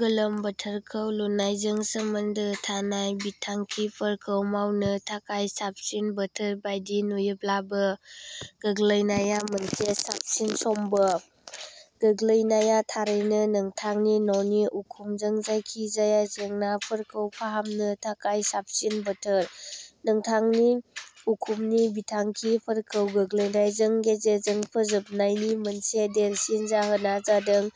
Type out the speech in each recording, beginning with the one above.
गोलोम बोथोरखौ लुनायजों सोमोन्दो थानाय बिथांखिफोरखौ मावनो थाखाय साबसिन बोथोर बायदि नुयोब्लाबो, गोग्लैनाया मोनसे साबसिन समबो। गोग्लैनाया थारैनो नोंथांनि न'नि उखुमजों जायखिजाया जेंनाफोरखौ फाहामनो थाखाय साबसिन बोथोर। नोंथांनि उखुमनि बिथांखिफोरखौ गोग्लैनायजों गेजेरजों फोजोबनायनि मोनसे देरसिन जाहोना जादों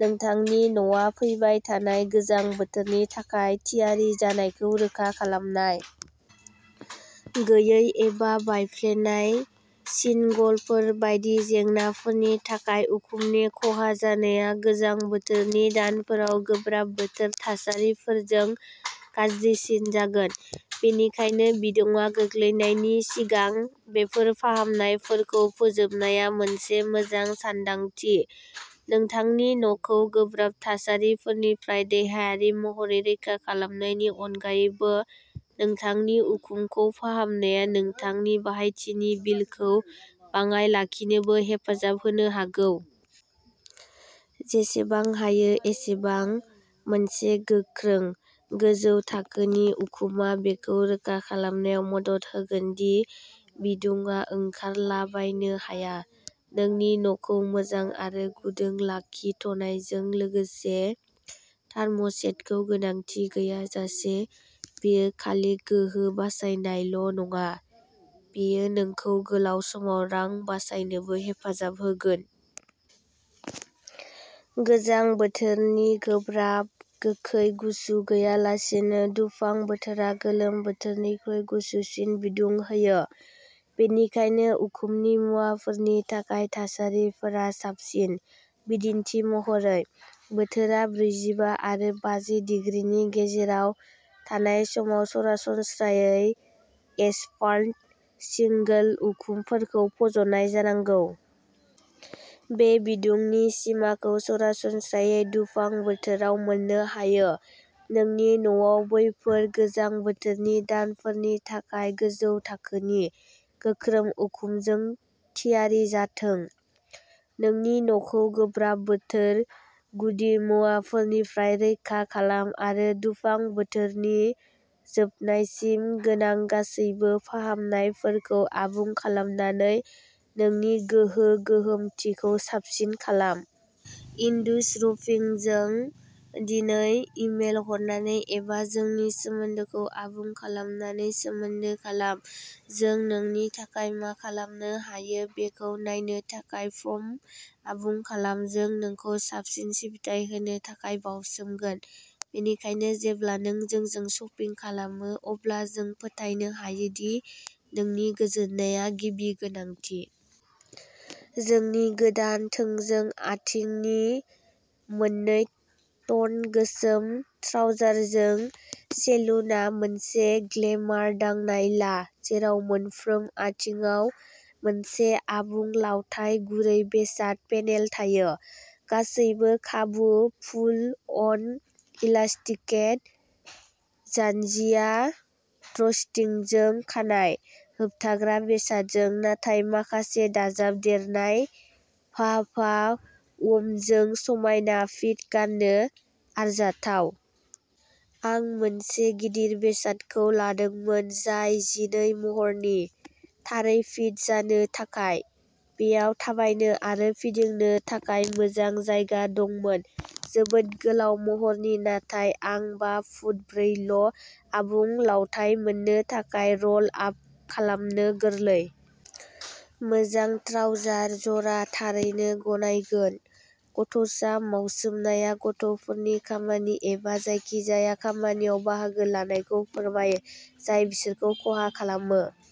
नोंथांनि न'आ फैबाय थानाय गोजां बोथोरनि थाखाय थियारि जानायखौ रोखा खालामनाय। गैयै एबा बायफ्लेनाय सिनगलफोर बायदि जेंनाफोरनि थाखाय उखुमनि खहा जानाया गोजां बोथोरनि दानफोराव गोब्राब बोथोर थासारिफोरजों गाज्रिसिन जागोन, बेनिखायनो बिदुंआ गोग्लैनायनि सिगां बेफोर फाहामनायफोरखौ फोजोबनाया मोनसे मोजां सानदांथि। नोंथांनि न'खौ गोब्राब थासारिफोरनिफ्राय देहायारि महरै रैखा खालामनायनि अनगायैबो, नोंथांनि उखुमखौ फाहामनाया नोंथांनि बाहायथिनि बिलखौ बाङाय लाखिनोबो हेफाजाब होनो हागौ। जेसेबां हायो एसेबां। मोनसे गोख्रों, गोजौ थाखोनि उखुमआ बेखौ रोखा खालामनायाव मदद होगोन दि बिदुंआ ओंखारलाबायनो हाया, नोंनि न'खौ मोजां आरो गुदुं लाखिथ'नायजों लोगोसे थार्म'सेटखौ गोनांथि गैयाजासे। बेयो खालि गोहो बासायाल' नङा, बेयो नोंखौ गोलाव समाव रां बासायनोबो हेफाजाब होगोन। गोजां बोथोरनि गोब्राब, गोखै गुसु गैयालासेनो दुफां बोथोरा गोलोम बोथोरनिख्रुइ गुसुसिन बिदुं होयो, बेनिखायनो उखुमनि मुवाफोरनि थाखाय थासारिफोरा साबसिन। बिदिन्थि महरै, बोथोरआ ब्रैजिबा आरो बाजि दिग्रिनि गेजेराव थानाय समाव सरासनस्रायै एसफाल्ट शिंगल उखुमफोरखौ फज'नाय जानांगौ। बे बिदुंनि सिमाखौ सरासनस्रायै दुफां बोथोराव मोननो हायो। नोंनि न'आव बैफोर गोजां बोथोरनि दानफोरनि थाखाय गोजौ थाखोनि, गोख्रों उखुमजों थियारि जाथों। नोंनि न'खौ गोब्राब बोथोर गुदिमुवाफोरनिफ्राय रैखा खालाम आरो दुफां बोथोरनि जोबनायसिम गोनां गासैबो फाहामनायफोरखौ आबुं खालामनानै नोंनि गोहो-गोहोमथिखौ साबसिन खालाम। एन्डुज रुफिंजों दिनै इमेल हरनानै एबा जोंनि सोमोन्दोखौ आबुं खालामनानै सोमोन्दो खालाम। जों नोंनि थाखाय मा खालामनो हायो बेखौ नायनो थाखाय फर्म आबुं खालाम। जों नोंखौ साबसिन सिबिथाइ होनो थाखाय बावसोमगोन। बेनिखायनो जेब्ला नों जोंजों शपिं खालामो, अब्ला नों फोथायनो हायो दि नोंनि गोजोननाया गिबि गोनांथि। जोंनि गोदान, थोंजों आथिंनि मोननै टन गोसोम ट्राउजारजों सेलुनआव मोनसे ग्लेमार दांनाय ला, जेराव मोनफ्रोम आथिंआव मोनसे आबुं लावथाइ गुरै बेसाद पेनेल थायो। गासैबो खाबु-पुल-अन, इलास्टिकेट जान्जिया ड्रस्ट्रिंगजों, खानाय-होबथाग्रा बेसादजों, नाथाय माखासे दाजाबदेरनाय भा-भा-वुमजों समायना फिट, गान्नो आरजाथाव। आं मोनसे गिदिर बेसादखौ लादोंमोन, जाय जिनै महरनि, थारै फिट जानो थाखाय। बेयाव थाबायनो आरो फिदिंनो थाखाय मोजां जायगा दंमोन। जोबोद गोलाव महरनि नाथाय आं बा फुट ब्रै ल', आबुं लावथाइ मोननो थाखाय र'ल आप खालामनो गोरलै। मोजां ट्राउजार जरा, थारैनो गनायगोन। गथ'सा मावसोमनाया गथ'फोरनि खामानि एबा जायखिजाया खामानियाव बाहागो लानायखौ फोरमायो, जाय बिसोरखौ खहा खालामो।